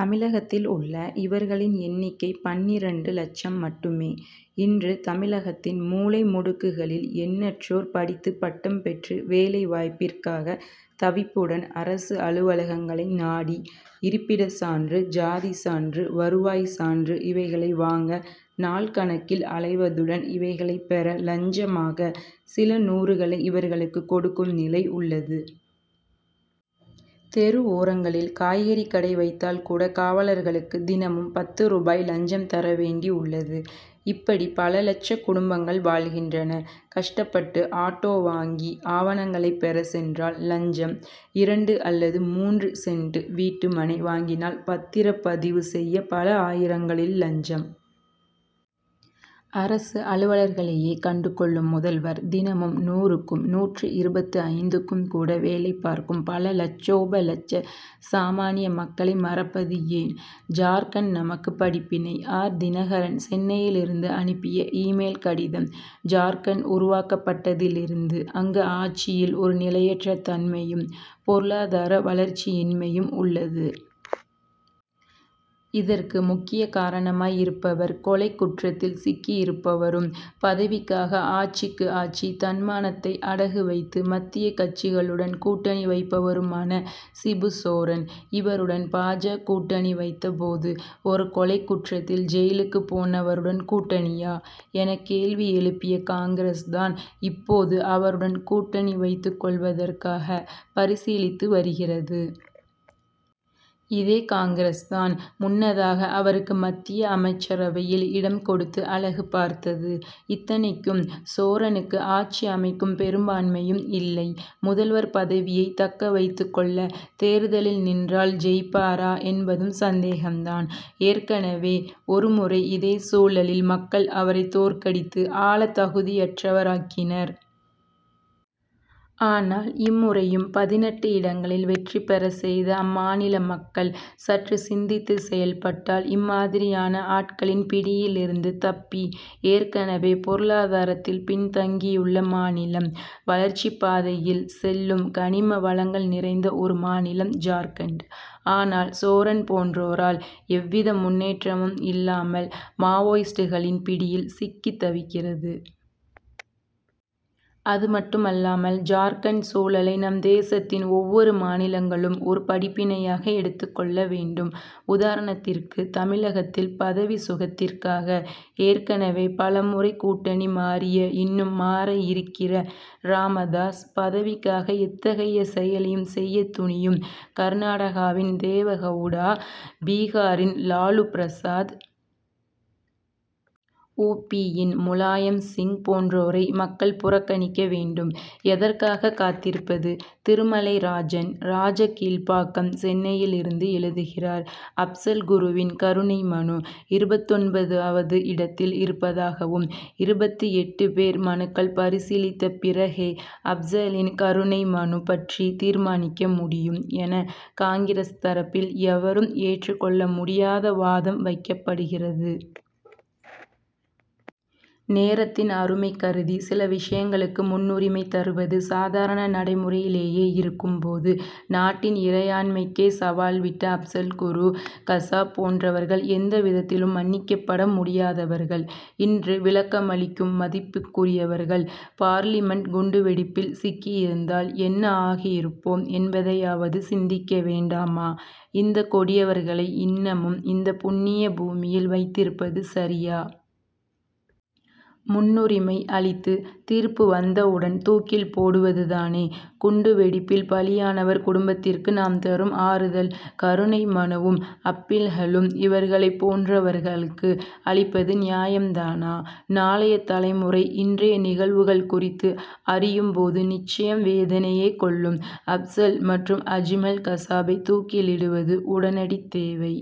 தமிழகத்தில் உள்ள இவர்களின் எண்ணிக்கை பன்னிரண்டு லட்சம் மட்டுமே. இன்று, தமிழகத்தின் மூலை முடுக்குகளில் எண்ணற்றோர் படித்து பட்டம் பெற்று, வேலை வாய்ப்பிற்காக தவிப்புடன் அரசு அலுவலகங்களை நாடி, இருப்பிட சான்று, ஜாதி சான்று, வருவாய் சான்று இவைகளை வாங்க, நாள்கணக்கில் அலைவதுடன், இவைகளை பெற லஞ்சமாக சில நூறுகளை இவர்களுக்கு கொடுக்கும் நிலை உள்ளது. தெரு ஓரங்களில் காய்கறி கடை வைத்தால் கூட, காவலர்களுக்கு தினமும் பத்து ரூபாய் லஞ்சம் தரவேண்டி உள்ளது. இப்படி பல லட்ச குடும்பங்கள் வாழ்கின்றன. கஷ்டப்பட்டு ஆட்டோ வாங்கி, ஆவணங்களை பெற சென்றால் லஞ்சம். இரண்டு அல்லது மூன்று சென்ட் வீட்டு மனை வாங்கினால், பத்திரப் பதிவு செய்ய, பல ஆயிரங்களில் லஞ்சம். அரசு அலுவலர்களையே கண்டு கொள்ளும் முதல்வர், தினமும், நூறுக்கும் நூற்று இருபத்து ஐந்துக்கும் கூட வேலை பார்க்கும் பல லட்சோப லட்ச சாமான்ய மக்களை மறப்பது ஏன்? ஜார்க்கண்ட் நமக்கு படிப்பினை! ஆர். தினகரன், சென்னையிலிருந்து அனுப்பிய, இ-மெயில்' கடிதம்: ஜார்க்கண்ட் உருவாக்கப்பட்டதிலிருந்து, அங்கு ஆட்சியில் ஒரு நிலையற்ற தன்மையும், பொருளாதார வளர்ச்சியின்மையும் உள்ளது. இதற்கு முக்கிய காரணமாய் இருப்பவர், கொலைக் குற்றத்தில் சிக்கியிருப்பவரும், பதவிக்காக ஆட்சிக்கு ஆட்சி, தன்மானத்தை அடகு வைத்து, மத்திய கட்சிகளுடன் கூட்டணி வைப்பவருமான சிபு சோரன். இவருடன் பா. ஜ., கூட்டணி வைத்த போது, ஒரு கொலைக் குற்றத்தில் ஜெயிலுக்கு போனவருடன் கூட்டணியா? ' என கேள்வி எழுப்பிய காங்கிரஸ் தான், இப்போது அவருடன் கூட்டணி வைத்துக் கொள்வதற்காக பரிசீலித்து வருகிறது. இதே காங்கிரஸ் தான், முன்னதாக அவருக்கு மத்திய அமைச்சரவையில் இடம் கொடுத்து அழகு பார்த்தது. இத்தனைக்கும், சோரனுக்கு ஆட்சி அமைக்கும் பெரும்பான்மையும் இல்லை. முதல்வர் பதவியை தக்க வைத்துக் கொள்ள, தேர்தலில் நின்றால் ஜெயிப்பாரா என்பதும் சந்தேகம் தான். ஏற்கனவே ஒருமுறை இதே சூழலில், மக்கள் அவரை தோற்கடித்து, ஆள தகுதியற்றவராக்கினர். ஆனால், இம்முறையும் பதினெட்டு இடங்களில் வெற்றி பெற செய்த அம்மாநில மக்கள், சற்று சிந்தித்து செயல்பட்டால், இம்மாதிரியான ஆட்களின் பிடியிலிருந்து தப்பி, ஏற்கனவே பொருளாதாரத்தில் பின்தங்கியுள்ள மாநிலம், வளர்ச்சிப் பாதையில் செல்லும். கனிமவளங்கள் நிறைந்த ஒரு மாநிலம் ஜார்க்கண்ட். ஆனால், சோரன் போன்றோரால், எவ்வித முன்னேற்றமும் இல்லாமல், மாவோயிஸ்டுகளின் பிடியில் சிக்கி தவிக்கிறது. அதுமட்டுமல்லாமல், ஜார்க்கண்ட் சூழலை நம் தேசத்தின் ஒவ்வொரு மாநிலங்களும், ஒரு படிப்பினையாக எடுத்துக் கொள்ள வேண்டும். உதாரணத்திற்கு, தமிழகத்தில் பதவி சுகத்திற்காக, ஏற்கனவே பலமுறை கூட்டணி மாறிய, இன்னும் மாற இருக்கிற ராமதாஸ், பதவிக்காக எத்தகைய செயலையும் செய்ய துணியும் கர்நாடகாவின் தேவகவுடா, பீகாரின் லாலு பிரசாத், உ.பி.,யின் முலாயம் சிங் போன்றோரை, மக்கள் புறக்கணிக்க வேண்டும். எதற்காக காத்திருப்பது? திருமலைராஜன், ராஜகீழ்பாக்கம், சென்னையிலிருந்து எழுதுகிறார் அப்சல் குருவின் கருணை மனு, இருபத்தொன்பது வது இடத்தில் இருப்பதாகவும், இருபத்து எட்டு பேர் மனுக்கள் பரிசீலித்த பிறகே, அப்சலின் கருணை மனு பற்றி தீர்மானிக்க முடியும்' என, காங்கிரஸ் தரப்பில், எவரும் ஏற்று கொள்ள முடியாத வாதம் வைக்கப்படுகிறது. நேரத்தின் அருமை கருதி, சில விஷயங்களுக்கு முன்னுரிமை தருவது, சாதாரண நடைமுறையிலேயே இருக்கும் போது, நாட்டின் இறையாண்மைக்கே சவால்விட்ட அப்சல் குரு, கசாப் போன்றவர்கள் எந்தவிதத்திலும் மன்னிக்கப்பட முடியாதவர்கள். இன்று விளக்கமளிக்கும் மதிப்புக்குரியவர்கள், பார்லிமென்ட் குண்டுவெடிப்பில் சிக்கியிருந்தால், என்ன ஆகியிருப்போம் என்பதையாவது சிந்திக்க வேண்டாமா? இந்த கொடியவர்களை இன்னமும் இந்த புண்ணிய பூமியில் வைத்திருப்பது சரியா? முன்னுரிமை அளித்து, தீர்ப்பு வந்தவுடன், தூக்கில் போடுவது தானே, குண்டுவெடிப்பில் பாலியானவர் குடும்பத்திற்கு நாம் தரும் ஆறுதல். கருணை மனுவும், அப்பீல்களும் இவர்களை போன்றவர்களுக்கு அளிப்பது நியாயம் தானா? நாளைய தலைமுறை, இன்றைய நிகழ்வுகள் குறித்து அறியும் போது, நிச்சயம் வேதனையே கொள்ளும். அப்சல் மற்றும் அஜ்மல் கசாபை தூக்கிலிடுவது உடனடி தேவை.